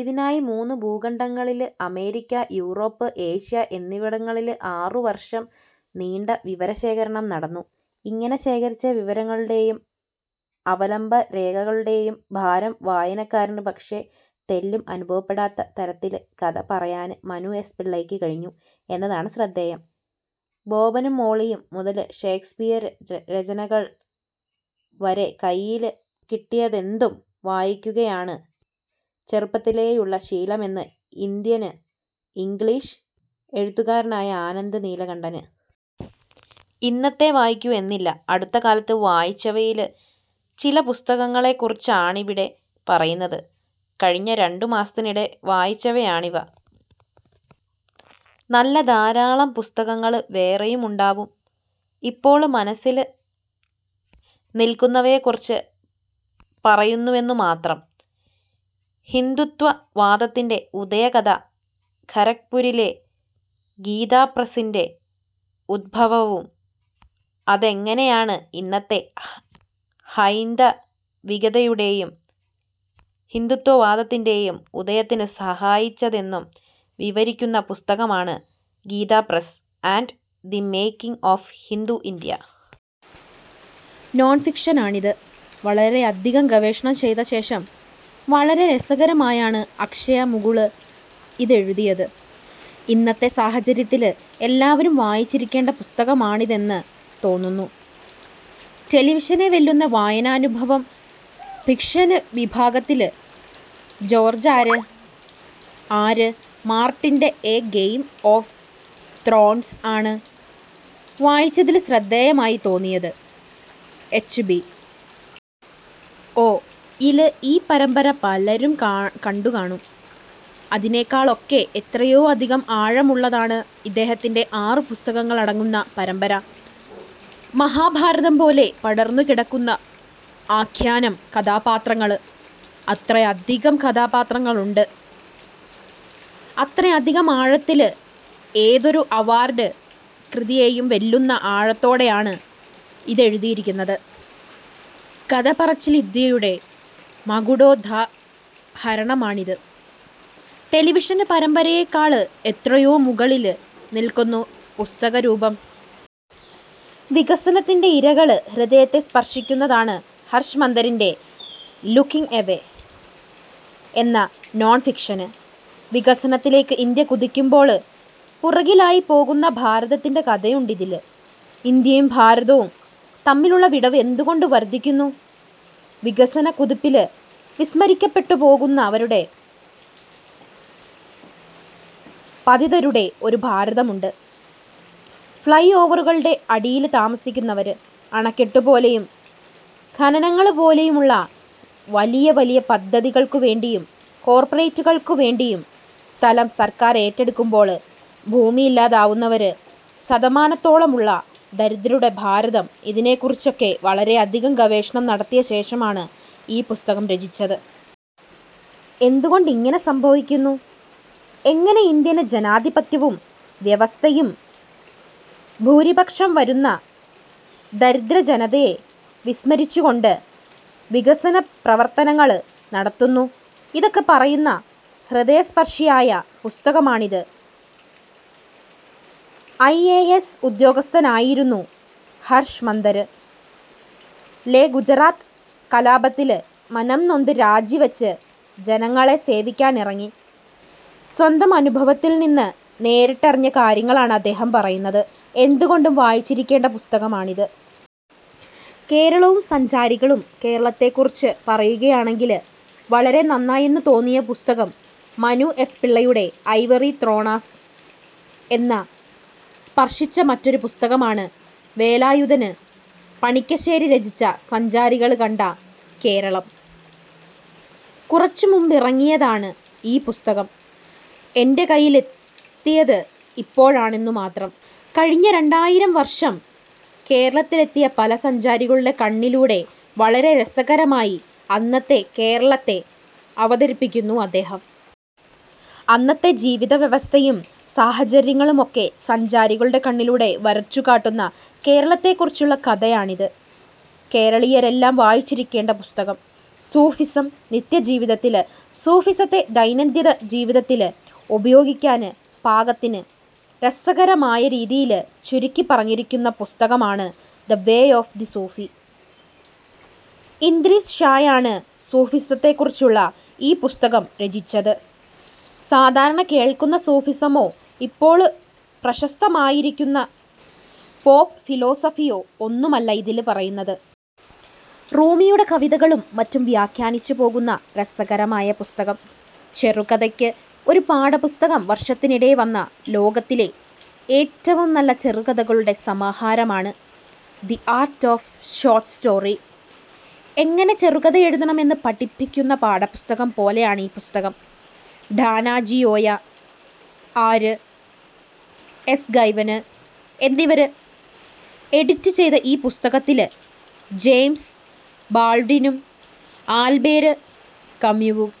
ഇതിനായി മൂന്ന് ഭൂഖണ്ഡങ്ങളില്അമേരിക്ക, Europe, Asia എന്നിവിടങ്ങളില്ആറുവര്ഷം നീണ്ട വിവരശേഖരണം നടന്നു. ഇങ്ങനെ ശേഖരിച്ച വിവരങ്ങളുടെയും അവലംബരേഖകളുടെയും ഭാരം വായനക്കാരന് പക്ഷേ, തെല്ലും അനുഭവപ്പെടാത്ത തരത്തില് കഥ പറയാന് മനു എസ്. പിള്ളയ്ക്ക് കഴിഞ്ഞു എന്നതാണ് ശ്രദ്ധേയം.. 'ബോബനും മോളിയും' മുതല് ഷേക്സ്പിയര് രചനകള് വരെ കൈയില്ക്കിട്ടിയതെന്തും വായിക്കുകയാണ് ചെറുപ്പത്തിലേയുള്ള ശീലമെന്ന് ഇന്ത്യന് ഇംഗ്ലീഷ് എഴുത്തുകാരനായ ആനന്ദ് നീലകണ്ഠന്. ഇന്നതേ വായിക്കൂ എന്നില്ല. അടുത്തകാലത്ത് വായിച്ചവയില് ചില പുസ്തകങ്ങളെക്കുറിച്ചാണിവിടെ പറയുന്നത്. കഴിഞ്ഞ രണ്ടുമാസത്തിനിടെ വായിച്ചവയാണിവ. നല്ല ധാരാളം പുസ്തകങ്ങള് വേറെയുമുണ്ടാവും. ഇപ്പോള് മനസില് നില്ക്കുന്നവയെക്കുറിച്ച് പറയുന്നുവെന്നുമാത്രം. ഹിന്ദുത്വ വാദത്തിന്റെ ഉദയകഥ ഖരഗ്പുരിലെ ഗീതാപ്രസ്സിന്റെ ഉദ്ഭവവും അതെങ്ങനെയാണ് ഇന്നത്തെ ഹൈ ഹൈന്ദവികതയുടെയും ഹിന്ദുത്വവാദത്തിന്റെയും ഉദയത്തിന് സഹായിച്ചതെന്നും വിവരിക്കുന്ന പുസ്തകമാണ് 'Gita Press and the making of Hindu India. ' നോണ്ഫിക്ഷനാണിത്. വളരെയധികം ഗവേഷണം ചെയ്തശേഷം, വളരെ രസകരമായാണ് അക്ഷയ മുകുള് ഇതെഴുതിയത്. ഇന്നത്തെ സാഹചര്യത്തില് എല്ലാവരും വായിച്ചിരിക്കേണ്ട പുസ്തകമാണിതെന്ന് തോന്നുന്നു. ടെലിവിഷനെ വെല്ലുന്ന വായനാനുഭവം ഫിക്ഷന് വിഭാഗത്തില് ജോര്ജ് ആര്. ആര്. മാര്ട്ടിന്റെ 'എ ഗെയിം ഓഫ് ത്രോണ്സ്' ആണ് വായിച്ചതില് ശ്രദ്ധേയമായിത്തോന്നിയത്. എച്ച്. ബി. ഒ. യില് ഈ പരമ്പര പലരും കണ്ടുകാണും. അതിനെക്കാളൊക്കെ എത്രയോ അധികം ആഴമുള്ളതാണ് ഇദ്ദേഹത്തിന്റെ ആറു പുസ്തകങ്ങളടങ്ങുന്ന പരമ്പര. മഹാഭാരതംപോലെ പടര്ന്നുകിടക്കുന്ന ആഖ്യാനം, കഥാപാത്രങ്ങള്. അത്രയധികം കഥാപാത്രങ്ങളുണ്ട്. അത്രയധികം ആഴത്തില്, ഏതൊരു അവാര്ഡ് കൃതിയെയും വെല്ലുന്ന ആഴത്തോടെയാണ് ഇതെഴുതിയിരിക്കുന്നത്. കഥപറച്ചില്വിദ്യയുടെ മകുടോദാഹരണമാണിത്. ടെലിവിഷന് പരമ്പരയെക്കാള് എത്രയോ മുകളില് നില്ക്കുന്നു പുസ്തകരൂപം. വികസനത്തിന്റെ ഇരകള് ഹൃദയത്തെ സ്പര്ശിക്കുന്നതാണ് ഹര്ഷ് മന്തറിന്റെ 'ലുക്കിങ് എവേ' എന്ന നോണ്ഫിക്ഷന്. വികസനത്തിലേക്ക് ഇന്ത്യ കുതിക്കുമ്പോള് പുറകിലായിപ്പോകുന്ന ഭാരതത്തിന്റെ കഥയുണ്ട് ഇതില്. ഇന്ത്യയും ഭാരതവും തമ്മിലുള്ള വിടവ് എന്തുകൊണ്ട് വര്ധിക്കുന്നു. വികസനക്കുതിപ്പില് വിസ്മരിക്കപ്പെട്ടുപോയവരുടെ, പതിതരുടെ ഒരു ഭാരതമുണ്ട്. ഫ്ളൈ ഓവറുകളുടെ അടിയില് താമസിക്കുന്നവര്, അണക്കെട്ടുപോലെയും ഖനനങ്ങള് പോലെയുമുള്ള വലിയവലിയ പദ്ധതികള്ക്കുവേണ്ടിയും കോര്പ്പറേറ്റുകള്ക്കുവേണ്ടിയും സ്ഥലം സര്ക്കാര് ഏറ്റെടുക്കുമ്പോള് ഭൂമിയില്ലാതാവുന്നവര്, ശതമാനത്തോളമുള്ള ദരിദ്രരുടെ ഭാരതം ഇതിനെക്കുറിച്ചൊക്കെ വളരെയധികം ഗവേഷണം നടത്തിയശേഷമാണ് ഈ പുസ്തകം രചിച്ചത്. എന്തുകൊണ്ടിങ്ങനെ സംഭവിക്കുന്നു, എങ്ങനെ ഇന്ത്യന് ജനാധിപത്യവും വ്യവസ്ഥയും ഭൂരിപക്ഷംവരുന്ന ദരിദ്രജനതയെ വിസ്മരിച്ചുകൊണ്ട് വികസന പ്രവര്ത്തനങ്ങള് നടത്തുന്നു ഇതൊക്കെ പറയുന്ന, ഹൃദയസ്പര്ശിയായ പുസ്തകമാണിത്. ഐ. എ. എസ്. ഉദ്യോഗസ്ഥനായിരുന്നു ഹര്ഷ് മന്തര്. ലെ ഗുജറാത്ത് കലാപത്തില് മനംനൊന്ത്, രാജിവെച്ച് ജനങ്ങളെ സേവിക്കാനിറങ്ങി. സ്വന്തം അനുഭവത്തില്നിന്ന് നേരിട്ടറിഞ്ഞ കാര്യങ്ങളാണ് അദ്ദേഹം പറയുന്നത്. എന്തുകൊണ്ടും വായിച്ചിരിക്കേണ്ട പുസ്തകമാണിത്. കേരളവും സഞ്ചാരികളും കേരളത്തെക്കുറിച്ച് പറയുകയാണെങ്കില്, വളരെ നന്നായെന്നുതോന്നിയ പുസ്തകം മനു എസ്. പിള്ളയുടെ 'ഐവറി ത്രോണാ'ണ്. എന്നെ സ്പര്ശിച്ച മറ്റൊരുപുസ്തകമാണ് വേലായുധന് പണിക്കശ്ശേരി രചിച്ച 'സഞ്ചാരികള് കണ്ട കേരളം. ' കുറച്ചുമുമ്പിറങ്ങിയതാണ് ഈ പുസ്തകം. എന്റെ കൈയിലെത്തിയത് ഇപ്പോഴാണെന്നുമാത്രം. കഴിഞ്ഞ രണ്ടായിരം വര്ഷം കേരളത്തിലെത്തിയ പല സഞ്ചാരികളുടെ കണ്ണിലൂടെ വളരെ രസകരമായി അന്നത്തെ കേരളത്തെ അവതരിപ്പിക്കുന്നു അദ്ദേഹം. അന്നത്തെ ജീവിതവ്യവസ്ഥയും സാഹചര്യങ്ങളുമൊക്കെ സഞ്ചാരികളുടെ കണ്ണിലൂടെ വരച്ചുകാട്ടുന്ന, കേരളത്തെക്കുറിച്ചുള്ള കഥയാണിത്. കേരളീയരെല്ലാം വായിച്ചിരിക്കേണ്ട പുസ്തകം. സൂഫിസം നിത്യജീവിതത്തില് സൂഫിസത്തെ ദൈനംദിനജീവിതത്തില് ഉപയോഗിക്കാന് പാകത്തിന് രസകരമായരീതിയില് ചുരുക്കിപ്പറഞ്ഞിരിക്കുന്ന പുസ്തകമാണ് 'the way of the Sufi'. Idries ഷായാണ് സൂഫിസത്തെക്കുറിച്ചുള്ള ഈ പുസ്തകം രചിച്ചത്. സാധാരണകേള്ക്കുന്ന സൂഫിസമോ ഇപ്പോള് പ്രശസ്തമായിരിക്കുന്ന പോപ്പ് ഫിലോസഫിയോ ഒന്നുമല്ല ഇതില് പറയുന്നത്. റൂമിയുടെ കവിതകളും മറ്റും വ്യാഖ്യാനിച്ചുപോകുന്ന രസകരമായ പുസ്തകം. ചെറുകഥയ്ക്ക് ഒരു പാഠപുസ്തകം വര്ഷത്തിനിടെ വന്ന, ലോകത്തിലെ ഏറ്റവും നല്ല ചെറുകഥകളുടെ സമാഹാരമാണ് 'the art of short story. ' എങ്ങനെ ചെറുകഥയെഴുതണമെന്ന് പഠിപ്പിക്കുന്ന പാഠപുസ്തകം പോലെയാണ് ഈ പുസ്തകം. ഡാനാജിയോയാ, ആര്. എസ്. ഗൈ്വന് എന്നിവര് എഡിറ്റ് ചെയ്ത ഈ പുസ്തകത്തില് ജെയിംസ് ബാള്ഡ്വിനും ആല്ബേര് കമ്യുവും